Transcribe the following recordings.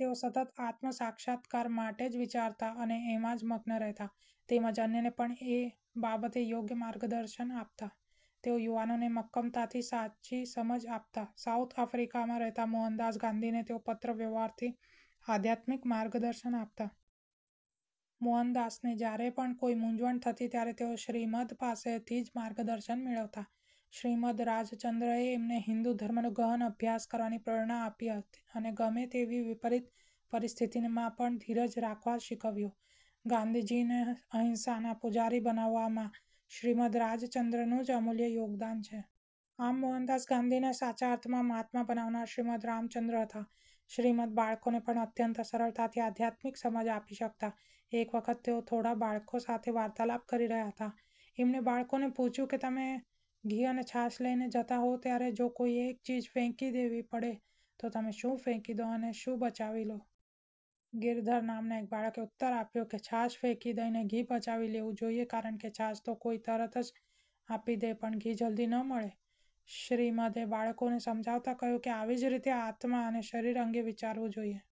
તેઓ સતત આત્મસાક્ષાત્કાર માટે જ વિચારતા અને એમાં જ મગ્ન રહેતા. તેમજ અન્યને પણ એ બાબતે યોગ્ય માર્ગદર્શન આપતા. તેઓ યુવાનોને મક્કમતાથી સાચી સમજ આપતા. સાઉથ આફ્રિકામાં રહેતા મોહનદાસ ગાંધીને તેઓ પત્ર વ્યવહારથી આધ્યાત્મિક માર્ગદર્શન આપતા. મોહનદાસને જયારે પણ કોઈ મૂંઝવણ થતી ત્યારે તેઓ શ્રીમદ્ પાસેથી જ માર્ગદર્શન મેળવતા. શ્રીમદ્ રાજચંદ્રએ એમને હિન્દુ ધર્મનો ગહન અભ્યાસ કરવાની પ્રેરણા આપી અને ગમે તેવી વિપરીત પરિસ્થિતિમાં પણ ધીરજ રાખવા શીખવ્યું. ગાંધીજીને અહિંસાના પૂજારી બનાવવામાં શ્રીમદ્ રાજચંદ્રનું જ અમૂલ્ય યોગદાન છે. આમ, મોહનદાસ ગાંધીને સાચા અર્થમાં મહાત્મા બનાવનાર શ્રીમદ્ રાજચંદ્ર હતા! શ્રીમદ્ બાળકોને પણ અત્યંત સરળતાથી આધ્યાત્મિક સમજ આપી શકતા. એક વખત તેઓ થોડા બાળકો સાથે વાર્તાલાપ કરી રહ્યા હતા. એમણે બાળકોને પૂછ્યું કે તમે ઘી અને છાશ લઈને જતા હો ત્યારે જો કોઈ એક ચીજ ફેંકી દેવી પડે તો તમે શું ફેંકી દો અને શું બચાવી લો? ગિરધર નામના એક બાળકે ઉત્તર આપ્યો કે છાશ ફેંકી દઈને ઘી બચાવી લેવું જોઈએ કારણકે છાશ તો કોઈ તરત જ આપી દે પણ ઘી જલ્દી ન મળે. શ્રીમદ્એ બાળકોને સમજાવતાં કહ્યું કે આવી જ રીતે આત્મા અને શરીર અંગે વિચારવું જોઈએ.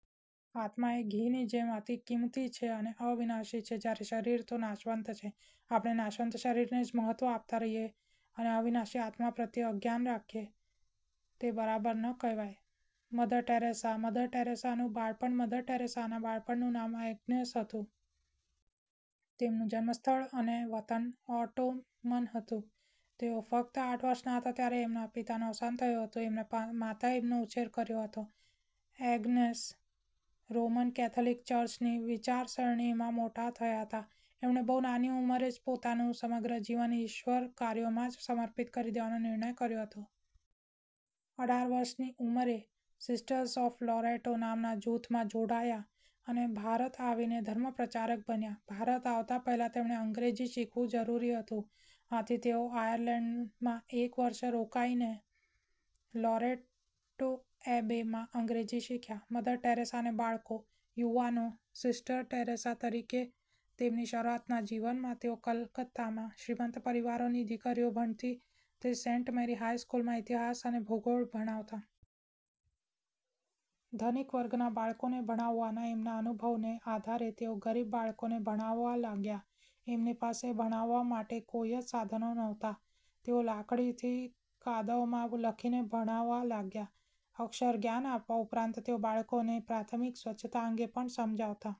આત્મા એ ઘીની જેમ અતિ કિંમતી છે અને અવિનાશી છે. જયારે શરીર તો નાશવંત છે. આપણે નાશવંત શરીરને જ મહત્વ આપતાં રહીએ અને અવિનાશી આત્મા પ્રત્યે અજ્ઞાન રાખીએ તે બરાબર ન કહેવાય. મધર ટેરેસા મધર ટેરેસા નું બાળપણ મધર ટેરેસાના બાળપણનું નામ એગ્નેસ હતું. તેમનું જન્મ સ્થળ અને વતન ઓટોમન હતું. તેઓ ફક્ત આઠ વર્ષના હતા ત્યારે એમના પિતાનું અવસાન થયું હતું. એમના માતાએ એમનો ઉછેર કર્યો હતો. એગ્નેસ રોમન કેથલિક ચર્ચની વિચારસરણીમાં મોટા થયા હતા. એમણે બહુ નાની ઉંમરે જ પોતાનું સમગ્ર જીવન ઈશ્વર કાર્યોમાં જ સમર્પિત કરી દેવાનો નિર્ણય કર્યો હતો. અઢાર વર્ષની ઉંમરે "સિસ્ટર્સ ઓફ લોરેટો" નામના જૂથમાં જોડાયા અને ભારત આવીને ધર્મપ્રચારક બન્યા. ભારત આવતાં પહેલાં તેમણે અંગ્રેજી શીખવું જરૂરી હતું. આથી તેઓ આયર્લેન્ડમાં એક વર્ષ રોકાઈને "લોરેટો એબે"માં અંગ્રેજી શીખ્યાં. મધર ટેરેસા અને બાળકો / યુવાનો સિસ્ટર ટેરેસા તરીકેના તેમની શરૂઆતના જીવનમાં તેઓ કલકત્તામાં શ્રીમંત પરિવારોની દીકરીઓ ભણતી તે સેન્ટ મેરી હાઈ સ્કૂલમાં ઇતિહાસ અને ભૂગોળ ભણાવતા. ધનિક વર્ગના બાળકોને ભણાવવાના એમના અનુભવને આધારે તેઓ ગરીબ બાળકોને ભણાવવા લાગ્યા. એમની પાસે ભણાવવા માટે કોઈ જ સાધનો નહોતા. તેઓ લાકડીથી કાદવમાં લખીને ભણાવવા લાગ્યા. અક્ષરજ્ઞાન આપવા ઉપરાંત તેઓ બાળકોને પ્રાથમિક સ્વચ્છતા અંગે પણ સમજાવતા.